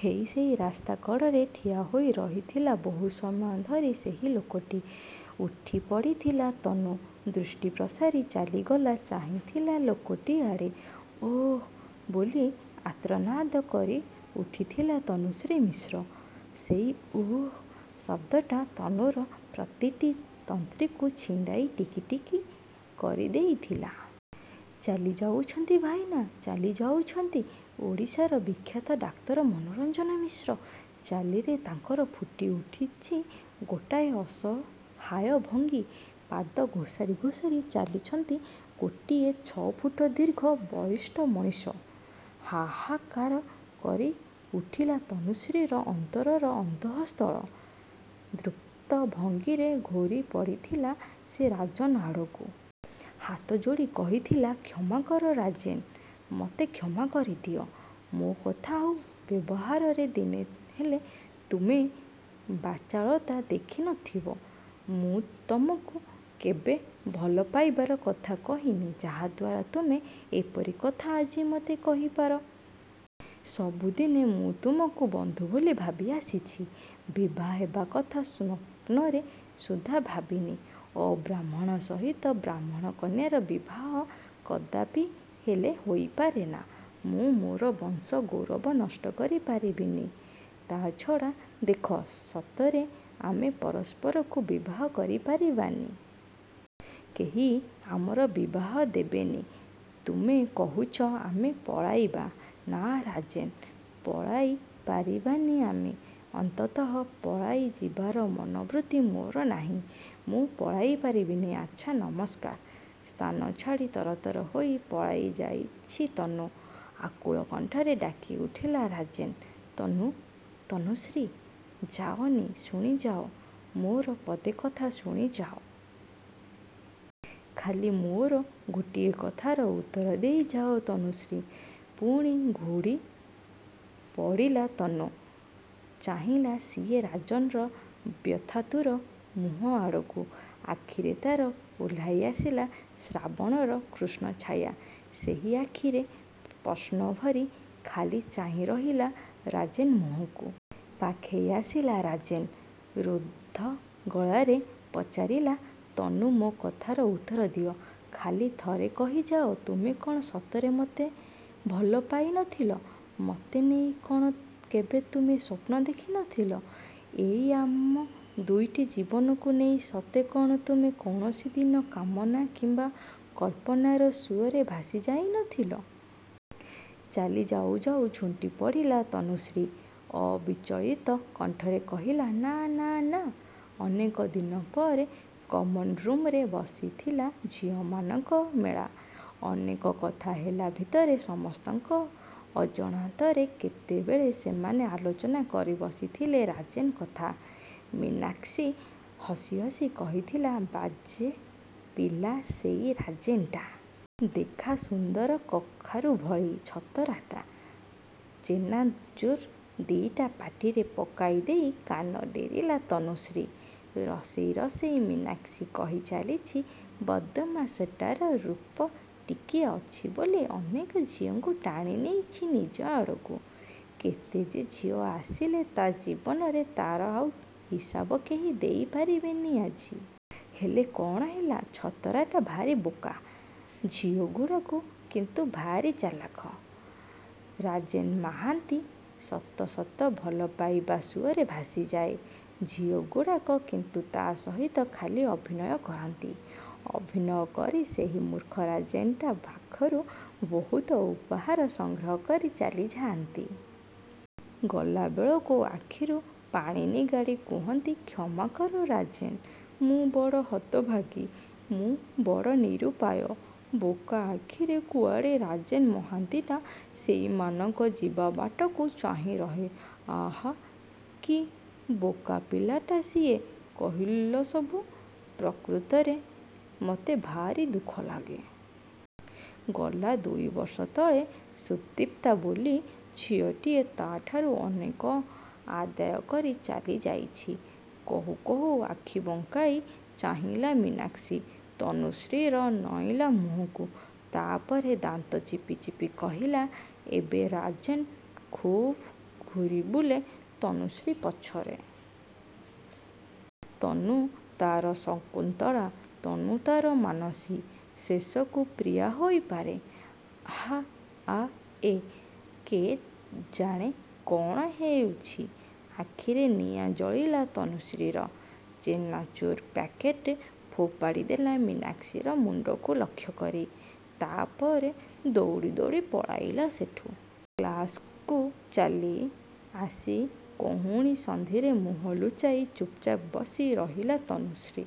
ହେଇ ସେଇ ରାସ୍ତା କଡ଼ରେ ଠିଆ ହୋଇ ରହିଥିଲା ବହୁ ସମୟ ଧରି ସେହି ଲୋକଟି। ଉଠି ପଡ଼ିଥିଲା ତନୁ, ଦୃଷ୍ଟି ପ୍ରସାରି ଚାଲିଗଲା ଚାହିଁଥିଲା ଲୋକଟି ଆଡ଼େ। ଉଃ ବୋଲି ଆର୍ତ୍ତନାଦ କରି ଉଠିଥିଲା ତନୁଶ୍ରୀ ମିଶ୍ର। ସେଇ ଉଃ ଶବ୍ଦଟା ତନୁର ପ୍ରତିଟି ତନ୍ତ୍ରୀକୁ ଛିଣ୍ଡାଇ ଟିକି ଟିକି କରିଦେଇଥିଲା। ଚାଲିଯାଉଛନ୍ତି ଭାଇନା। ଚାଲିଯାଉଛନ୍ତି ଓଡ଼ିଶାର ବିଖ୍ୟାତ ଡାକ୍ତର ମନୋରଞ୍ଜନ ମିଶ୍ର। ଚାଲିରେ ତାଙ୍କର ଫୁଟି ଉଠିଛି ଗୋଟାଏ ଅସହାୟ ଭଙ୍ଗୀ। ପାଦ ଘୋସାରି ଘୋସାରି ଚାଲିଛନ୍ତି ଗୋଟିଏ ଛଅ ଫୁଟ ଦୀର୍ଘ ବଳିଷ୍ଠ ମଣିଷ। ହାହାକାର କରି ଉଠିଲା ତନୁଶ୍ରୀର ଅନ୍ତରର ଅନ୍ତଃସ୍ଥଳ। ଦୃପ୍ତ ଭଙ୍ଗୀରେ ଘୂରି ପଡ଼ିଥିଲା ସେ ରାଜେନ୍ ଆଡ଼କୁ। ହାତ ଯୋଡ଼ି କହିଥିଲା, କ୍ଷମା କର ରାଜେନ୍, ମତେ କ୍ଷମା କରିଦିଅ। ମୋ କଥା ଆଉ ବ୍ୟବହାରରେ ଦିନେ ହେଲେ ତୁମେ ବାଚାଳତା ଦେଖି ନଥିବ। ମୁଁ ତମକୁ କେବେ ଭଲ ପାଇବାର କଥା କହିନି ଯାହା ଦ୍ୱାରା ତୁମେ ଏପରି କଥା ଆଜି ମତେ କହି ପାର। ସବୁଦିନେ ମୁଁ ତୁମକୁ ବନ୍ଧୁ ବୋଲି ଭାବି ଆସିଛି। ବିଭା ହେବା କଥା ସ୍ୱପ୍ନରେ ସୁଦ୍ଧା ଭାବିନି। ଅବ୍ରାହ୍ମଣ ସହିତ ବ୍ରାହ୍ମଣ କନ୍ୟାର ବିବାହ କଦାପି ହେଲେ ହୋଇ ପାରେନା। ମୁଁ ମୋର ବଂଶ ଗୌରବ ନଷ୍ଟ କରି ପାରିବିନି। ତା' ଛଡ଼ା ଦେଖ ସତରେ ଆମେ ପରସ୍ପରକୁ ବିବାହ କରି ପାରିବାନି। କେହି ଆମର ବିବାହ ଦେବେନି। ତୁମେ କହୁଛ ଆମେ ପଳାଇବା। ନା ରାଜେନ୍ ପଳାଇ ପାରିବାନି ଆମେ । ଅନ୍ତତଃ ପଳାଇ ଯିବାର ମନୋବୃତ୍ତି ମୋର ନାହିଁ। ମୁଁ ପଳାଇ ପାରିବିନି। ଆଚ୍ଛା, ନମସ୍କାର। ସ୍ଥାନ ଛାଡ଼ି ତରତର ହୋଇ ପଳାଇ ଯାଇଛି ତନୁ। ଆକୁଳ କଣ୍ଠରେ ଡାକି ଉଠିଲା ରାଜେନ୍ ତନୁ, ତନୁଶ୍ରୀ ଯାଅନି ଶୁଣି ଯାଅ, ମୋର ପଦେ କଥା ଶୁଣି ଯାଅ। ଖାଲି ମୋର ଗୋଟିଏ କଥାର ଉତ୍ତର ଦେଇ ଯାଅ ତନୁଶ୍ରୀ। ପୁଣି ଘୂରି ପଡ଼ିଲା ତନୁ। ଚାହିଁଲା ସିଏ ରାଜେନ୍‌ର ବ୍ୟଥାତୁର ମୁହଁ ଆଡ଼କୁ, ଆଖିରେ ତା'ର ଓହ୍ଲାଇ ଆସିଲା ଶ୍ରାବଣର କୃଷ୍ଣଛାୟା। ସେଇ ଆଖିରେ ପ୍ରଶ୍ନ ଭରି। ଖାଲି ଚାହିଁ ରହିଲା ରାଜେନ୍ ମୁହଁକୁ। ପାଖେଇ ଆସିଲା ରାଜେନ୍। ରୁଦ୍ଧ ଗଳାରେ ପଚାରିଲା ତନୁ ମୋ କଥାର ଉତ୍ତର ଦିଅ। ଖାଲି ଥରେ କହି ଯାଅ, ତୁମେ କ'ଣ ସତରେ ମତେ ଭଲ ପାଇ ନଥିଲ? ମତେ ନେଇ କ'ଣ କେବେ ତୁମେ ସ୍ୱପ୍ନ ଦେଖି ନଥିଲ। ଏଇ ଆମ ଦୁଇଟି ଜୀବନକୁ ନେଇ ସତେ କ'ଣ ତୁମେ କୌଣସି ଦିନ କାମନା କିମ୍ବା କଳ୍ପନାର ସୁଅରେ ଭାସି ଯାଇ ନଥିଲ? ଚାଲି ଯାଉ ଯାଉ ଝୁଣ୍ଟି ପଡ଼ିଲା ତନୁଶ୍ରୀ। ଅବିଚଳିତ କଣ୍ଠରେ କହିଲା ନାଁ, ନାଁ, ନାଁ। ଅନେକ ଦିନ ପରେ କମନ୍‌ରୁମ୍‌ରେ ବସିଥିଲା ଝିଅମାନଙ୍କ ମେଳା। ଅନେକ କଥା ହେବା ଭିତରେ ସମସ୍ତଙ୍କ ଅଜାଣତରେ କେତେବେଳେ ସେମାନେ ଆଲୋଚନା କରି ବସିଥିଲେ ରାଜେନ୍ କଥା। ମୀନାକ୍ଷୀ ହସି ହସି କହିଥିଲା ବାଜେ ପିଲା ସେଇ ରାଜେନ୍‌ଟା। ଦେଖା ସୁନ୍ଦର କଖାରୁ ଭଳି। ଛତରାଟା। ଚେନାଚୂର୍ ଦି'ଟା ପାଟିରେ ପକାଇ ଦେଇ କାନ ଡେରିଲା ତନୁଶ୍ରୀ। ରସେଇ ରସେଇ ମୀନାକ୍ଷୀ କହି ଚାଲିଛି ବଦମାସ୍‌ଟାର ରୂପ ଟିକିଏ ଅଛି ବୋଲି ଅନେକ ଝିଅଙ୍କୁ ଟାଣି ନେଇଛି ନିଜ ଆଡ଼କୁ। କେତେ ଯେ ଝିଅ ଆସିଲେ ତା' ଜୀବନରେ, ତା'ର ଆଉ ହିସାବ କେହି ଦେଇ ପାରିବେନି ଆଜି। ହେଲେ କ'ଣ ହେଲା, ଛତରାଟା ଭାରି ବୋକା। ଝିଅଗୁଡ଼ାକ କିନ୍ତୁ ଭାରି ଚାଲାକ୍। ରାଜେନ୍ ମାହାନ୍ତି ସତ ସତ ଭଲ ପାଇବା ସୁଅରେ ଭାସି ଯାଏ। ଝିଅଗୁଡ଼ାକ କିନ୍ତୁ ତା' ସହିତ ଖାଲି ଅଭିନୟ କରନ୍ତି। ଅଭିନୟ କରି ସେଇ ମୂର୍ଖ ରାଜେନ୍‌ଟା ପାଖରୁ ବହୁତ ଉପହାର ସଂଗ୍ରହ କରି ଚାଲି ଯାଆନ୍ତି। ଗଲା ବେଳକୁ ଆଖିରୁ ପାଣି ନିଗାଡ଼ି କୁହନ୍ତି କ୍ଷମା କର ରାଜେନ୍, ମୁଁ ବଡ଼ ହତଭାଗୀ, ମୁଁ ବଡ଼ ନିରୁପାୟ। ବୋକା ଆଖିରେ କୁଆଡ଼େ ରାଜେନ୍ ମହାନ୍ତିଟା ସେଇମାନଙ୍କ ଯିବା ବାଟକୁ ଚାହିଁ ରହେ। ଆହା କି ବୋକା ପିଲାଟା ସିଏ, କହିଲ ସବୁ। ପ୍ରକୃତରେ ମତେ ଭାରି ଦୁଃଖ ଲାଗେ। ଗଲା ଦୁଇ ବର୍ଷ ତଳେ ସୁଦୀପ୍ତା ବୋଲି ଝିଅଟିଏ ତା'ଠାରୁ ଅନେକ ଆଦାୟ କରି ଚାଲି ଯାଇଛି। କହୁ କହୁ ଆଖି ବଙ୍କାଇ ଚାହିଁଲା ମୀନାକ୍ଷୀ, ତନୁଶ୍ରୀର ନଇଁଲା ମୁହଁକୁ। ତା' ପରେ ଦାନ୍ତ ଚିପି ଚିପି କହିଲା ଏବେ ରାଜେନ୍ ଖୁବ୍ ଘୂରି ବୁଲେ ତନୁଶ୍ରୀ ପଛରେ। ତନୁ ତା'ର ଶକୁନ୍ତଳା, ତନୁ ତା'ର ମାନସୀ, ଶେଷକୁ ପ୍ରିୟା ହୋଇ ପାରେ। ହା ଆ ଏ। କେଜାଣେ କ'ଣ ହେଉଛି। ଆଖିରେ ନିଆଁ ଜଳିଲା ତନୁଶ୍ରୀର। ଚେନାଚୂର୍ ପ୍ୟାକେଟ୍ ଫୋପାଡ଼ି ଦେଲା ମୀନାକ୍ଷୀର ମୁଣ୍ଡକୁ ଲକ୍ଷ୍ୟ କରି। ତା' ପରେ ଦଉଡ଼ି ଦଉଡ଼ି ପଳାଇଲା ସେଠୁ। କ୍ଲାସ୍‌କୁ ଚାଲି ଆସି କହୁଣୀ ସନ୍ଧିରେ ମୁହଁ ଲୁଚାଇ ଚୁପ୍‌ଚାପ୍ ବସି ରହିଲା ତନୁଶ୍ରୀ।